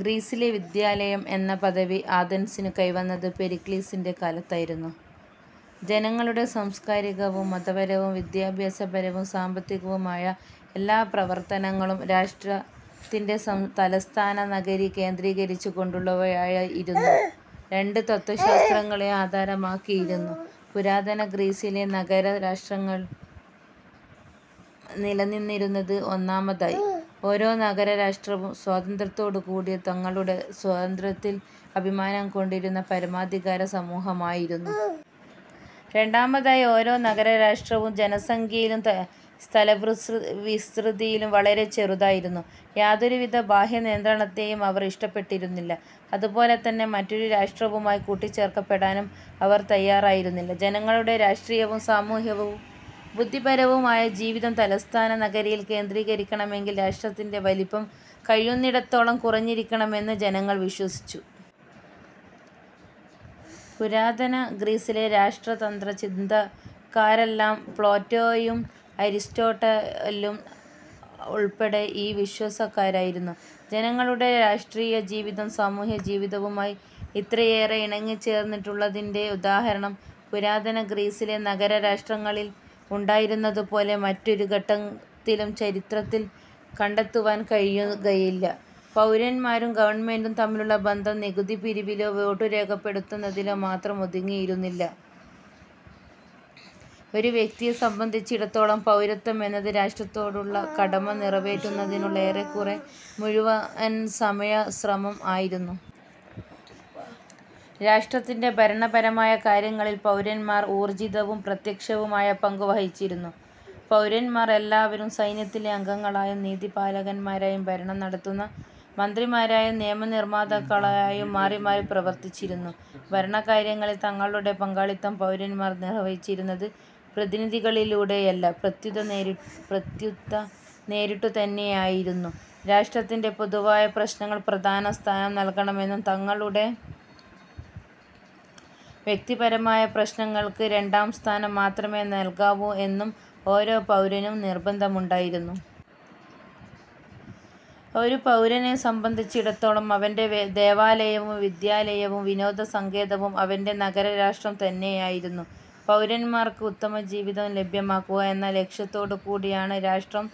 ഗ്രീസിലെ വിദ്യാലയം എന്ന പദവി ആഥൻസിനു കൈവന്നത് പെരിക്ലീസിന്റെ കാലത്തായിരുന്നു. ജനങ്ങളുടെ സാംസ്കാരികവും മതപരവും വിദ്യാഭ്യാസപരവും സാമ്പത്തികവുമായ എല്ലാ പ്രവർത്തനങ്ങളും രാഷ്ട്രത്തിന്റെ തലസ്ഥാന നഗരി കേന്ദ്രീകരിച്ചുകൊണ്ടുള്ളവയായിരുന്നു. രണ്ട് തത്ത്വശാസ്ത്രങ്ങളെ ആധാരമാക്കിയായിരുന്നു പുരാതന ഗ്രീസിലെ നഗര രാഷ്ട്രങ്ങൾ നിലനിന്നിരുന്നത്. ഒന്നാമതായി, ഓരോ നഗര രാഷ്ട്രവും സ്വാതന്ത്ര്യത്തോടുകൂടിയ, തങ്ങളുടെ സ്വാതന്ത്യ്രത്തിൽ അഭിമാനം കൊണ്ടിരുന്ന പരമാധികാര സമൂഹമായിരുന്നു. രണ്ടാമതായി, ഓരോ നഗര രാഷ്ട്രവും ജനസംഖ്യയിലും സ്ഥലവിസ്തൃതിയിലും വളരെ ചെറുതായിരുന്നു. യാതൊരുവിധ ബാഹ്യനിയന്ത്രണത്തെയും അവർ ഇഷ്ടപ്പെട്ടിരുന്നില്ല. അതുപോലെതന്നെ മറ്റൊരു രാഷ്ട്രവുമായി കൂട്ടിച്ചേർക്കപ്പെടാനും അവർ തയ്യാറായിരുന്നില്ല. ജനങ്ങളുടെ രാഷ്ട്രീയവും സാമൂഹ്യവും ബുദ്ധിപരവും ആയ ജീവിതം തലസ്ഥാന നഗരിയിൽ കേന്ദ്രീകരിക്കണമെങ്കിൽ രാഷ്ട്രത്തിന്റെ വലിപ്പം കഴിയുന്നിടത്തോളം കുറഞ്ഞിരിക്കണമെന്ന് ജനങ്ങൾ വിശ്വസിച്ചു. പുരാതന ഗ്രീസിലെ രാഷ്ട്രതന്ത്ര ചിന്തകരെല്ലാം-പ്ളേറ്റോയും അരിസ്റ്റോട്ടലും ഉൾപ്പെടെ-ഈ വിശ്വാസക്കാരായിരുന്നു. ജനങ്ങളുടെ രാഷ്ട്രീയജീവിതം സാമൂഹ്യജീവിതവുമായി ഇത്രയേറെ ഇണങ്ങിച്ചേർന്നിട്ടുള്ളതിന്റെ ഉദാഹരണം പുരാതന ഗ്രീസിലെ നഗര രാഷ്ട്രങ്ങളിൽ ഉണ്ടായിരുന്നതുപോലെ മറ്റൊരു ഘട്ടത്തിലും ചരിത്രത്തിൽ കണ്ടെത്തുവാൻ കഴിയുകയില്ല. പൗരന്മാരും ഗവണ്മെന്റും തമ്മിലുള്ള ബന്ധം നികുതി പിരിവിലോ വോട്ടുരേഖപ്പെടുത്തുന്നതിലോ മാത്രം ഒതുങ്ങിയിരുന്നില്ല. ഒരു വ്യക്തിയെ സംബന്ധിച്ചിടത്തോളം പൌരത്വം എന്നത് രാഷ്ട്രത്തോടുള്ള കടമ നിറവേറ്റുന്നതിനുള്ള ഏറെക്കുറെ മുഴുവൻസമയ ശ്രമം ആയിരുന്നു. രാഷ്ട്രത്തിന്റെ ഭരണപരമായ കാര്യങ്ങളിൽ പൗരന്മാർ ഊർജ്ജിതവും പ്രത്യക്ഷവും ആയ പങ്കു വഹിച്ചിരുന്നു. പൗരന്മാർ എല്ലാവരും സൈന്യത്തിലെ അംഗങ്ങളായും നീതിപാലകന്മാരായും ഭരണം നടത്തുന്ന മന്ത്രിമാരായും നിയമനിർമാതാക്കളായും മാറിമാറി പ്രവർത്തിച്ചിരുന്നു. ഭരണകാര്യങ്ങളിൽ തങ്ങളുടെ പങ്കാളിത്തം പൗരന്മാർ നിർവഹിച്ചിരുന്നത് പ്രതിനിധികളിലൂടെയല്ല, പ്രത്യുത നേരിട്ടുതന്നെയായിരുന്നു. രാഷ്ട്രത്തിന്റെ പൊതുവായ പ്രശ്നങ്ങൾക്ക് പ്രധാന സ്ഥാനം നല്കണമെന്നും തങ്ങളുടെ വ്യക്തിപരമായ പ്രശ്നങ്ങൾക്ക് രണ്ടാം സ്ഥാനം മാത്രമേ നല്കാവൂ എന്നും ഓരോ പൗരനും നിർബന്ധമുണ്ടായിരുന്നു. ഒരു പൗരനെ സംബന്ധിച്ചിടത്തോളം അവന്റെ ദേവാലയവും വിദ്യാലയവും വിനോദ സങ്കേതവും അവന്റെ നഗര രാഷ്ട്രം തന്നെയായിരുന്നു. പൗരന്മാർക്ക് ഉത്തമജീവിതം ലഭ്യമാക്കുക എന്ന ലക്ഷ്യത്തോടുകൂടിയാണ് രാഷ്ട്രം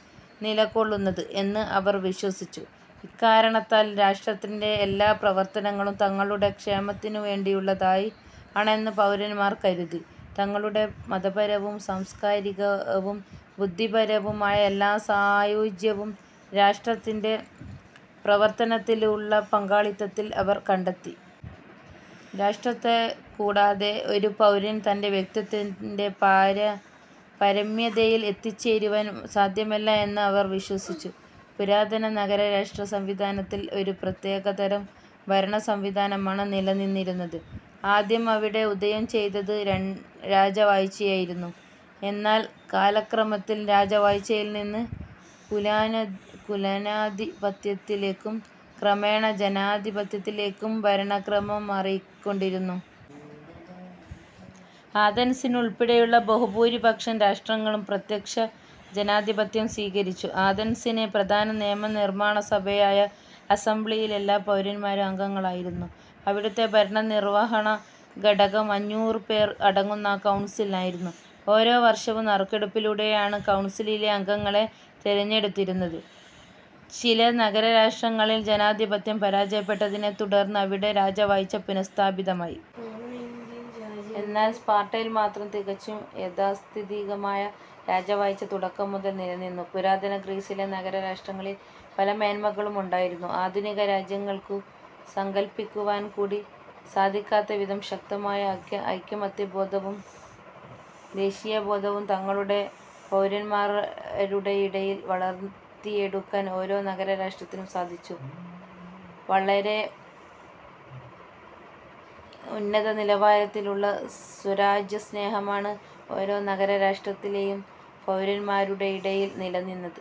നിലകൊള്ളുന്നത് എന്ന് അവർ വിശ്വസിച്ചു. ഇക്കാരണത്താൽ രാഷ്ട്രത്തിന്റെ എല്ലാ പ്രവർത്തനങ്ങളും തങ്ങളുടെ ക്ഷേമത്തിനുവേണ്ടിയുള്ളതാണെന്ന് പൗരന്മാർ കരുതി. തങ്ങളുടെ മതപരവും സാംസ്കാരികവും ബുദ്ധിപരവും ആയ എല്ലാ സായൂജ്യവും രാഷ്ട്രത്തിന്റെ പ്രവർത്തനത്തിലുള്ള പങ്കാളിത്തത്തിൽ അവർ കണ്ടെത്തി. രാഷ്ട്രത്തെക്കൂടാതെ ഒരു പൗരന് തന്റെ വ്യക്തിത്വത്തിന്റെ പാരമ്യതയിൽ എത്തിച്ചേരുവാൻ സാധ്യമല്ല എന്ന് അവർ വിശ്വസിച്ചു. പുരാതന നഗര രാഷ്ട്ര സംവിധാനത്തിൽ ഒരു പ്രത്യേകതരം ഭരണ സംവിധാനമാണ് നിലനിന്നിരുന്നത്. ആദ്യം അവിടെ ഉദയം ചെയ്തത് രാജവാഴ്ചയായിരുന്നു. എന്നാൽ കാലക്രമത്തിൽ രാജവാഴ്ചയിൽനിന്ന് കുലീനാധിപത്യത്തിലേക്കും ക്രമേണ ജനാധിപത്യത്തിലേക്കും ഭരണക്രമം മാറിക്കൊണ്ടിരുന്നു. ആഥൻസ് ഉൾപ്പെടെയുള്ള ബഹുഭൂരിപക്ഷം രാഷ്ട്രങ്ങളും പ്രത്യക്ഷ ജനാധിപത്യം സ്വീകരിച്ചു. ആഥൻസിലെ പ്രധാന നിയമനിർമ്മാണസഭയായ അസംബ്ലിയിൽ എല്ലാ പൗരന്മാരും അംഗങ്ങളായിരുന്നു. അവിടത്തെ ഭരണനിർവഹണഘടകം അഞ്ഞൂറുപേർ അടങ്ങുന്ന കൗൺസിൽ ആയിരുന്നു. ഓരോ വർഷവും നറുക്കെടുപ്പിലൂടെയാണ് കൗൺസിലിലെ അംഗങ്ങളെ തെരഞ്ഞെടുത്തിരുന്നത്. ചില നഗര രാഷ്ട്രങ്ങളിൽ ജനാധിപത്യം പരാജയപ്പെട്ടതിനെത്തുടർന്ന് അവിടെ രാജവാഴ്ച പുനഃസ്ഥാപിതമായി. എന്നാൽ സ്പാർട്ടയിൽ മാത്രം തികച്ചും യാഥാസ്ഥിതികമായ രാജവാഴ്ച തുടക്കംമുതൽ നിലനിന്നു. പുരാതന ഗ്രീസിലെ നഗര രാഷ്ട്രങ്ങളിൽ പല മേന്മകളും ഉണ്ടായിരുന്നു. ആധുനിക രാജ്യങ്ങൾക്കു സങ്കല്പിക്കുവാൻകൂടി സാധിക്കാത്തവിധം ശക്തമായ ഐകമത്യബോധവും ദേശീയബോധവും തങ്ങളുടെ പൗരന്മാരുടെയിടയിൽ വളർത്തിയെടുക്കാൻ ഓരോ നഗര രാഷ്ട്രത്തിനും സാധിച്ചു. വളരെ ഉന്നത നിലവാരത്തിലുള്ള സ്വരാജ്യസ്നേഹമാണ് ഓരോ നഗര രാഷ്ട്രത്തിലെയും പൌരന്മാരുടെയിടയിൽ നിലനിന്നത്.